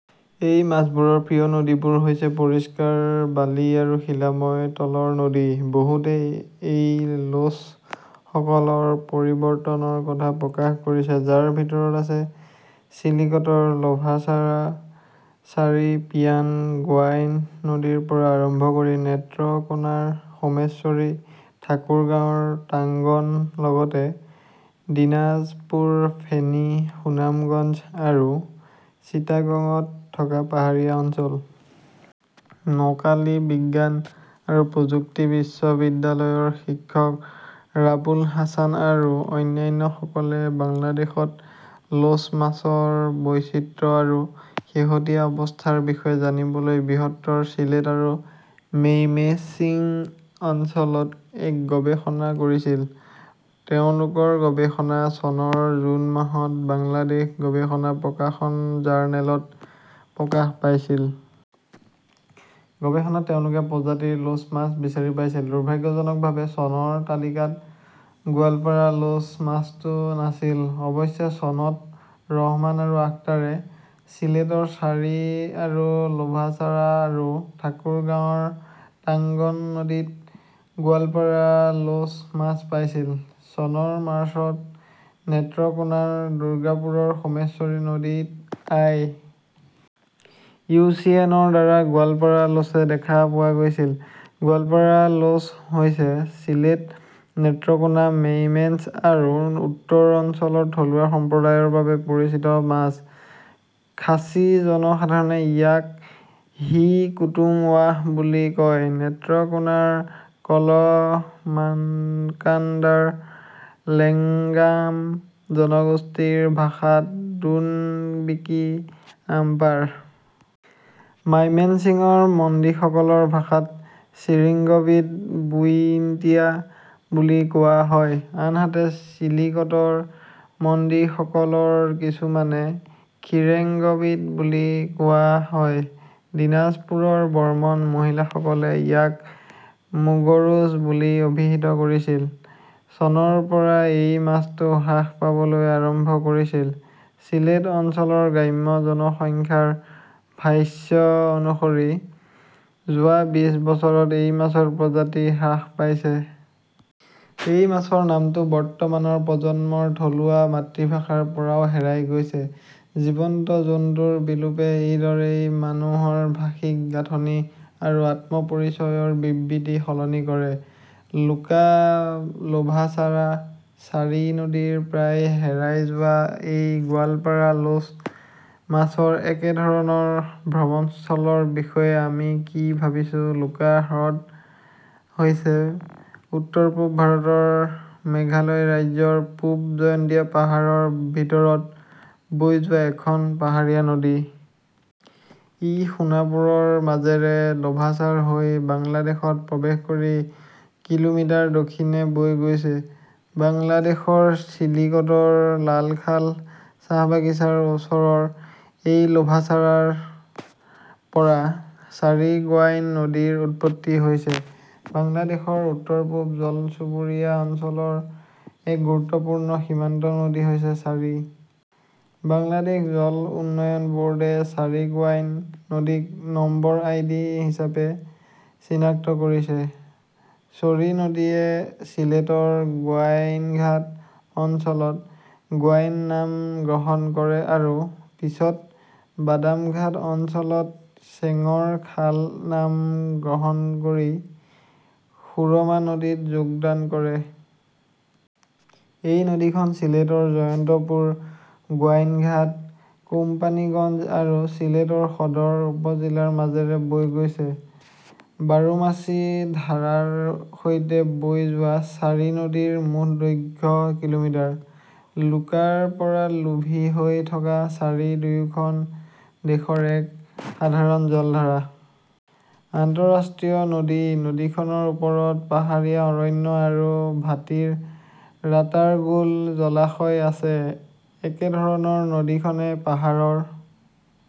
এই মাছবোৰৰ প্ৰিয় নদীবোৰ হৈছে পৰিষ্কাৰ বালি আৰু শিলাময় তলৰ নদী। বহুতে এই লোচসকলৰ পৰিৱৰ্তনৰ কথা প্ৰকাশ কৰিছে, যাৰ ভিতৰত আছে চিলিকটৰ লোভাছাৰা, ছাৰী, পিয়ান, গোৱাইন নদীৰ পৰা আৰম্ভ কৰি নেত্ৰকোনাৰ সোমেশ্বৰী, ঠাকুৰগাঁওৰ টাংগন, লগতে দিনাজপুৰ, ফেনী, সুনামগঞ্জ আৰু চিটাগঙত থকা পাহাৰীয়া অঞ্চল। নোকালী বিজ্ঞান আৰু প্ৰযুক্তি বিশ্ববিদ্যালয়ৰ শিক্ষক ৰাবুল হাছান আৰু অন্যান্যসকলে বাংলাদেশত লোচ মাছৰ বৈচিত্ৰ্য আৰু শেহতীয়া অৱস্থাৰ বিষয়ে জানিবলৈ বৃহত্তৰ চিলেট আৰু মেইমেশ্বিং অঞ্চলত এক গৱেষণা কৰিছিল। তেওঁলোকৰ গৱেষণা চনৰ জুন মাহত বাংলাদেশ গৱেষণা প্ৰকাশন জাৰ্নেলত প্ৰকাশ পাইছিল। গৱেষণাত তেওঁলোকে প্ৰজাতিৰ লোছ মাছ বিচাৰি পাইছিল। দুৰ্ভাগ্যজনকভাৱে চনৰ তালিকাত 'গোৱালপাড়া লোচ "মাছটো নাছিল। অৱশ্যে চনত ৰহমান আৰু আখতাৰে ছিলেটৰ চাৰী আৰু লোভাছাৰা আৰু ঠাকুৰগাঁওৰ টাংগন নদীত 'গোৱালপাৰা লোচ "মাছ পাইছিল। চনৰ মাৰ্চত নেত্ৰকোনাৰ দুৰ্গাপুৰৰ সোমেশ্বৰী নদীত আই. ইউ. চি. এন. ৰ দ্বাৰা গোৱালপাড়া লোচে দেখা পোৱা গৈছিল। গোৱালপাৰা লোচ হৈছে চিলেট, নেত্ৰকোনা, মেইমেঞ্চ আৰু উত্তৰ অঞ্চলৰ থলুৱা সম্প্ৰদায়ৰ বাবে পৰিচিত মাছ। খাচী জনসাধাৰণে ইয়াক হি কুতুম ৱাহ বুলি কয়। নেত্ৰকোনাৰ কলমাকাণ্ডাৰ লেংগাম জনগোষ্ঠীৰ ভাষাত দুনবিকী আমপাৰ । মাইমেন্সিংৰ মণ্ডীসকলৰ ভাষাত চিৰিঙ্গবীট বুইণ্টিয়া বুলি কোৱা হয়, আনহাতে চিলিকটৰ মণ্ডীসকলৰ কিছুমানে খিৰেঙ্গবীট বুলি কোৱা হয়। দিনাজপুৰৰ বৰ্মন মহিলাসকলে ইয়াক মুগৰুচ "বুলি অভিহিত কৰিছিল। চনৰ পৰা এই মাছটো হ্ৰাস পাবলৈ আৰম্ভ কৰিছিল। চিলেট অঞ্চলৰ গ্ৰাম্য জনসংখ্যাৰ ভাষ্য অনুসৰি যোৱা বিশ বছৰত এই মাছৰ প্ৰজাতি হ্ৰাস পাইছে। এই মাছৰ নামটো বৰ্তমানৰ প্ৰজন্মৰ থলুৱা মাতৃভাষাৰ পৰাও হেৰাই গৈছে। জীৱ-জন্তুৰ বিলোপে এনেদৰেই মানুহৰ ভাষিক গাঁথনি আৰু আত্ম-পৰিচয়ৰ বিবৃতি সলনি কৰে। লুকা লোভাছাৰা ছাৰী নদীৰ প্ৰায় হেৰাই যোৱা এই 'গোৱালপাৰা লোচ "মাছৰ একেধৰণৰ ভ্ৰমণস্থলৰ বিষয়ে আমি কি ভাবিছোঁ লুকা হ্ৰদ হৈছে উত্তৰ-পূব ভাৰতৰ মেঘালয় ৰাজ্যৰ পূব জয়ন্তীয়া পাহাৰৰ ভিতৰত বৈ যোৱা এখন পাহাৰীয়া নদী। ই সোনাপুৰৰ মাজেৰে লোভাছাৰা হৈ বাংলাদেশত প্ৰৱেশ কৰি কিলোমিটাৰ দক্ষিণে বৈ গৈছে। বাংলাদেশৰ চিলিকটৰ লালখাল চাহ বাগিচাৰ ওচৰৰ এই লোভাছাৰাৰ পৰা ছাৰী-গোৱাইন নদীৰ উৎপত্তি হৈছে। বাংলাদেশৰ উত্তৰ-পূব জল-চুবুৰীয়া অঞ্চলৰ এক গুৰুত্বপূৰ্ণ সীমান্ত নদী হৈছে ছাৰী। বাংলাদেশ জল উন্নয়ন বোৰ্ডে ছাৰী-গোৱাইন নদীক নম্বৰ আইডি হিচাপে চিনাক্ত কৰিছে। ছৰী নদীয়ে ছিলেটৰ গোৱাইনঘাট অঞ্চলত গোৱাইন নাম গ্ৰহণ কৰে আৰু পিছত বাদামঘাট অঞ্চলত চেংৰ খাল নাম গ্ৰহণ কৰি সুৰমা নদীত যোগদান কৰে। এই নদীখন চিলেটৰ জয়ন্তপুৰ, গোৱাইনঘাট, কোম্পানীগঞ্জ আৰু চিলেটৰ সদৰ উপ-জিলাৰ মাজেৰে বৈ গৈছে। বাৰোমাচি ধাৰাৰ সৈতে বৈ যোৱা ছাৰী নদীৰ মুঠ দৈৰ্ঘ্য কিলোমিটাৰ। লুকাৰ পৰা লোভী হৈ থকা ছাৰী দুয়োখন দেশৰ এক সাধাৰণ জলধাৰা। আন্তঃৰাষ্ট্ৰীয় নদী। নদীখনৰ ওপৰত পাহাৰীয়া অৰণ্য আৰু ভাটিৰ ৰাটাৰগুল জলাশয় আছে। একেধৰণৰ নদীখনে পাহাৰৰ